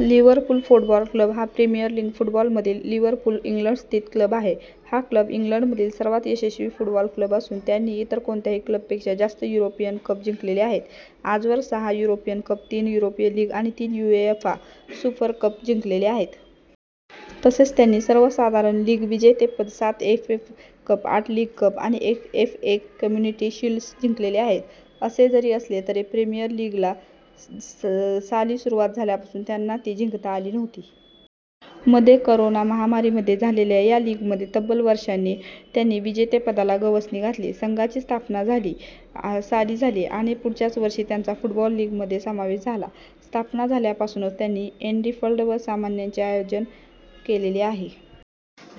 Liverpool Football Club हा Premier League football मधील Liverpool, England स्थित क्लब आहे. हा क्लब इंग्लंडमधील सर्वात यशस्वी फुटबॉल क्लब असून त्यांनी इतर कोणत्याही क्लब पेक्षा जास्त युरोपियन कप जिंकलेले आहेत. आजवर सहा युरोपियन कप, तीन युरोप लीग आणि तीन युएफा सुपर कप जिंकलेले आहेत. तसेच त्यांनी सर्वसाधारण लीग विजेतेपद, सात एफए कप, आठ लीग कप, आणि एफए कम्युनिटी शील्ड्स जिंकलेले आहेत. असे जरी असले तरी प्रिमियर लीगला साली सुरुवात झाल्यापासून त्यांना ती जिंकता आली नव्हती. मध्ये करोना महामारीमध्ये झालेल्या या लीगमध्ये तब्बल वर्षांनी त्यांनी विजेतेपदाला गवसणी घातली. संघाची स्थापना साली झाली आणि पुढच्याच वर्षी त्यांचा फुटबॉल लीग मध्ये समावेश झाला. स्थापना झाल्यापासूनच त्यानी एन्फिल्ड वर सामन्यांचे आयोजन केले आहे.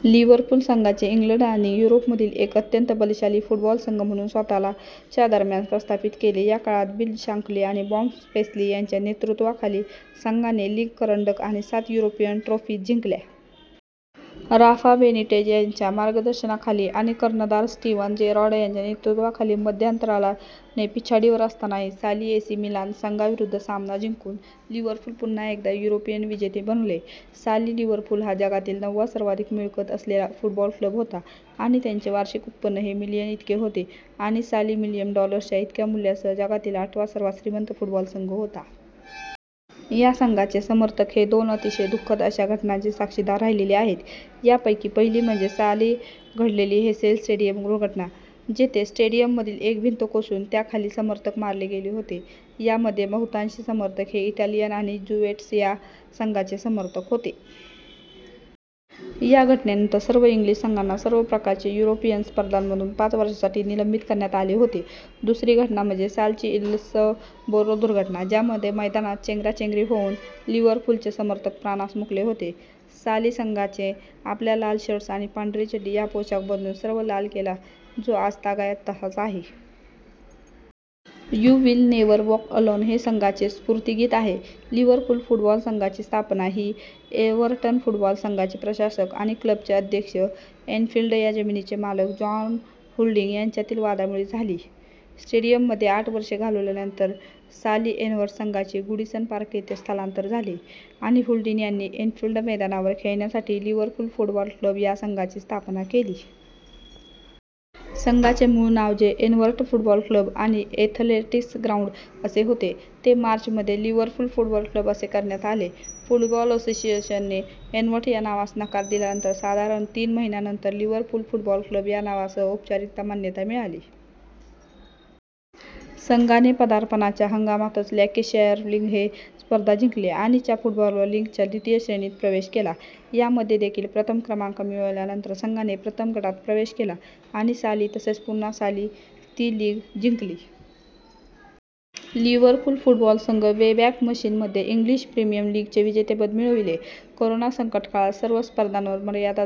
लिवरपूल संघाने इंग्लंड आणि युरोपमधील एक अत्यंत बलशाली फुटबॉल संघ म्हणून स्वतःला - च्या दरम्यान प्रस्थापित केले. या काळात बिल शांकली आणि बॉब पेस्ली यांच्या नेतृत्वाखाली संघाने लीग करंडक आणि सात युरोपियन ट्रोफिज जिंकल्या. राफा बेनिटेज यांच्या मार्गदर्शनाखाली आणि कर्णधार स्टीवन जेरार्ड याच्या नेतृत्वाखाली मध्यंतराला - ने पिछाडीवर असतानाही साली एसी मिलान संघाविरुद्ध सामना जिंकून लिवरपूल पुन्हा एकदा युरोपियन विजेते बनले. - साली लिवरपूल हा जगातील नववा सर्वाधिक मिळकत असेलला फुटबॉल क्लब होता, आणि त्यांचे वार्षिक उत्पन्न हे मिलियन इतके होते, आणि साली मिलियन डॉलर्स इतक्या मुल्ल्यासह जगातील आठवा सर्वात श्रीमंत फुटबॉल संघ होता. या संघाचे समर्थक हे दोन अतिशय दुःखद अशा घटनांचे साक्षीदार राहिलेले आहेत. या पैकी पहिली म्हणजे साले घडलेली हेसेल स्टेडियम दुर्घटना जिथे स्टेडियममधील एक भिंत कोसळून त्याखाली समर्थक मारले गेले होते. यामध्ये बहुतांशी समर्थक हे इटालियन आणि जूवेंटस या संघाचे समर्थक होते. या घटनेनंतर सर्व इंग्लिश संघांना सर्व प्रकारच्या युरोपियन स्पर्धांमधून पाच वर्षांसाठी निलंबित करण्यात आले होते. दुसरी घटना म्हणजे सालची हिल्सबोरो दुर्घटना ज्यामध्ये मैदानात चेंगराचेंगरी होऊन लिवरपूलचे समर्थक प्राणास मुकले होते. साली संघाने आपला लाल शर्ट आणि पांढरी चड्डी हा पोशाख बदलून सर्व लाल केला, जो आजतागायत तसाच आहे. "You will never walk alone" हे या संघाचे स्फूर्तीगीत आहे लिवरपूल फुटबॉल संघाची स्थापना ही एव्हर्टन फुटबॉल संघाचे प्रशासक आणि क्लबचे अध्यक्ष व एन्फिल्ड या जमिनीचे मालक जॉन हुल्डींग यांच्यातील वादामुळे झाली. स्टेडीयममध्ये आठ वर्षे घालवल्यानंतर साली एव्हर्टन संघाचे गूडीसन पार्क येथे स्थलांतर झाले आणि हुल्डींग यांनी एन्फिल्ड मैदानावर खेळण्यासाठी लिवरपूल फुटबॉल क्लब या संघाची स्थापना केली. संघाचे मूळ नाव जे "एव्हर्टन फुटबॉल क्लब आणि एथलेटिक्स ग्राउंड " असे होते ते मार्च मध्ये लिवरपूल फुटबॉल क्लब असे करण्यात आले. फुटबॉल असोसिएशन ने एव्हर्टन या नावास नकार दिल्यानंतर साधारण तीन महिन्यानंतर लिवरपूल फुटबॉल क्लब या नावासस औपचारिक मान्यता मिळाली. संघाने पदार्पणाच्या हंगामातच लँकेशायार लीग ही स्पर्धा जिंकली आणि - च्या फुटबॉल लीगच्या द्वितीय श्रेणीत प्रेवेश केला. यामध्ये देखील प्रथम क्रमांक मिळवल्यानंतर संघाने प्रथम गटात प्रवेश केला आणि साली तसेच पुन्हा साली ती लीग जिंकली. लिवरपूल फुटबॉल संघ वेबॅक मशीन. मध्ये इंग्लिश प्रीमियर लीगचे विजेतेपद मिळविले. करोना संकटकाळात सर्व स्पर्धांवर मर्यादा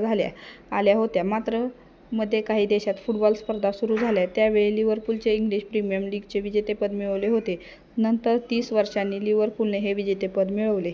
आल्या होत्या. मात्र मध्ये काही देशांत फुटबॉल स्पर्धा सुरू झाल्या. त्या वेळी लिवरपूलने इंग्लिश प्रीमियर लीगचे विजेतेपद मिळविले होते. नंतर तीस वर्षांनी लिवरपूलने हे विजेतेपद मिळविले.